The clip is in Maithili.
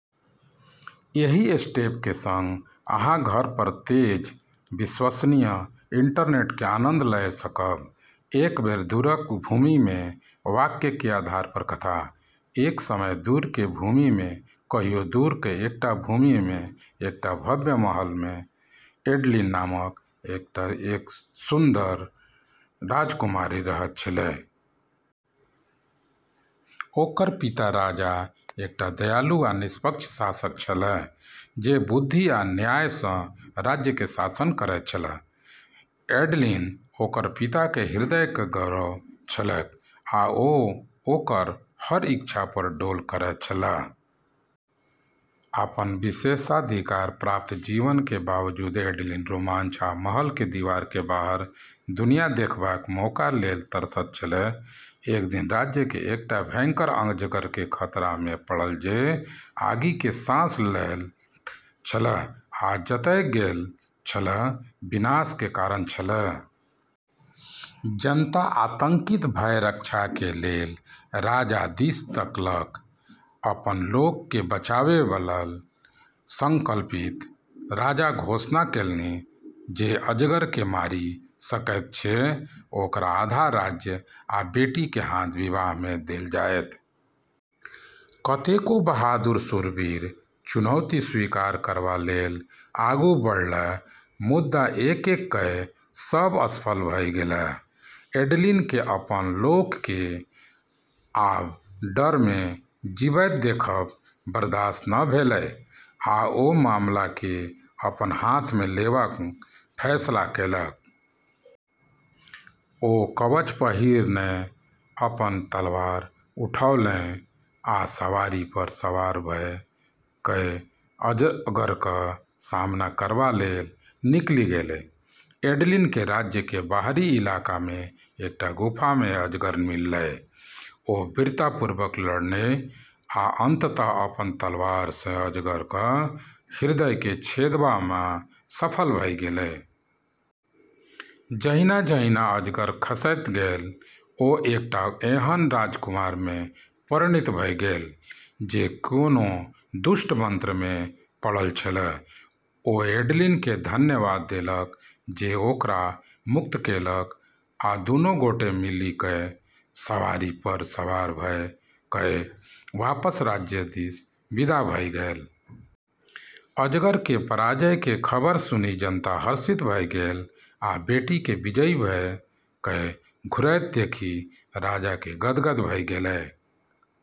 एहि स्टेप के संग अहाँ घर पर तेज, विश्वसनीय इंटरनेट के आनंद लए सकब। "एक बेर दूरक भूमि मे" वाक्य के आधार पर कथा: एक समय दूर के भूमि मे कहियो दूरक एकटा भूमि मे एकटा भव्य महल मे एडलिन नामक एकटा सुन्दर राजकुमारी रहैत छलीह। ओकर पिता राजा एकटा दयालु आ निष्पक्ष शासक छलाह जे बुद्धि आ न्याय सँ राज्य के शासन करैत छलाह। एडलिन ओकर पिताक हृदयक गौरव छलैक आ ओ ओकर हर इच्छा पर डोल करैत छलाह। अपन विशेषाधिकार प्राप्त जीवन के बावजूद एडलिन रोमांच आ महल के दीवार के बाहर दुनिया देखबाक मौका लेल तरसैत छलीह। एक दिन राज्य के एकटा भयंकर अजगर के खतरा मे पड़ल जे आगि के साँस लैत छल आ जतय गेल छल विनाश के कारण छल। जनता आतंकित भय रक्षा के लेल राजा दिस तकलक। अपन लोक के बचाएबा लेल संकल्पित राजा घोषणा केलनि जे अजगर के मारि सकैत अछि ओकरा आधा राज्य आ बेटी के हाथ विवाह मे देल जायत। कतेको बहादुर शूरवीर चुनौती स्वीकार करबा लेल आगू बढ़लाह मुदा एक-एक कए सब असफल भ' गेलाह। एडलिन के अपन लोक के आब डर मे जीबैत देखब बर्दाश्त नै भेलै आ ओ मामला के अपन हाथ मे लेबाक फैसला केलक। ओ कवच पहिरने अपन तलवार उठौलनि आ सवारी पर सवार भ' कए अजगरक सामना करबा लेल निकलि गेलीह। एडलिन के राज्य के बाहरी इलाका मे एकटा गुफा मे अजगर मिललै। ओ वीरतापूर्वक लड़लनि आ अंततः अपन तलवार सँ अजगरक हृदय के छेदबा मे सफल भ' गेलीह। जहिना-जहिना अजगर खसैत गेल, ओ एकटा एहन राजकुमार मे परिणत भ' गेल जे कोनो दुष्ट मंत्र मे पड़ल छल। ओ एडलिन के धन्यवाद देलक जे ओकरा मुक्त केलक आ दुनू गोटे मिलिकय, सवारी पर सवार भ' कए वापस राज्य दिस विदा भ' गेल। अजगर के पराजय के खबर सुनि जनता हर्षित भ गेल आ बेटी के विजयी भ' कए घुरैत देखि राजा के गदगद भ' गेलै।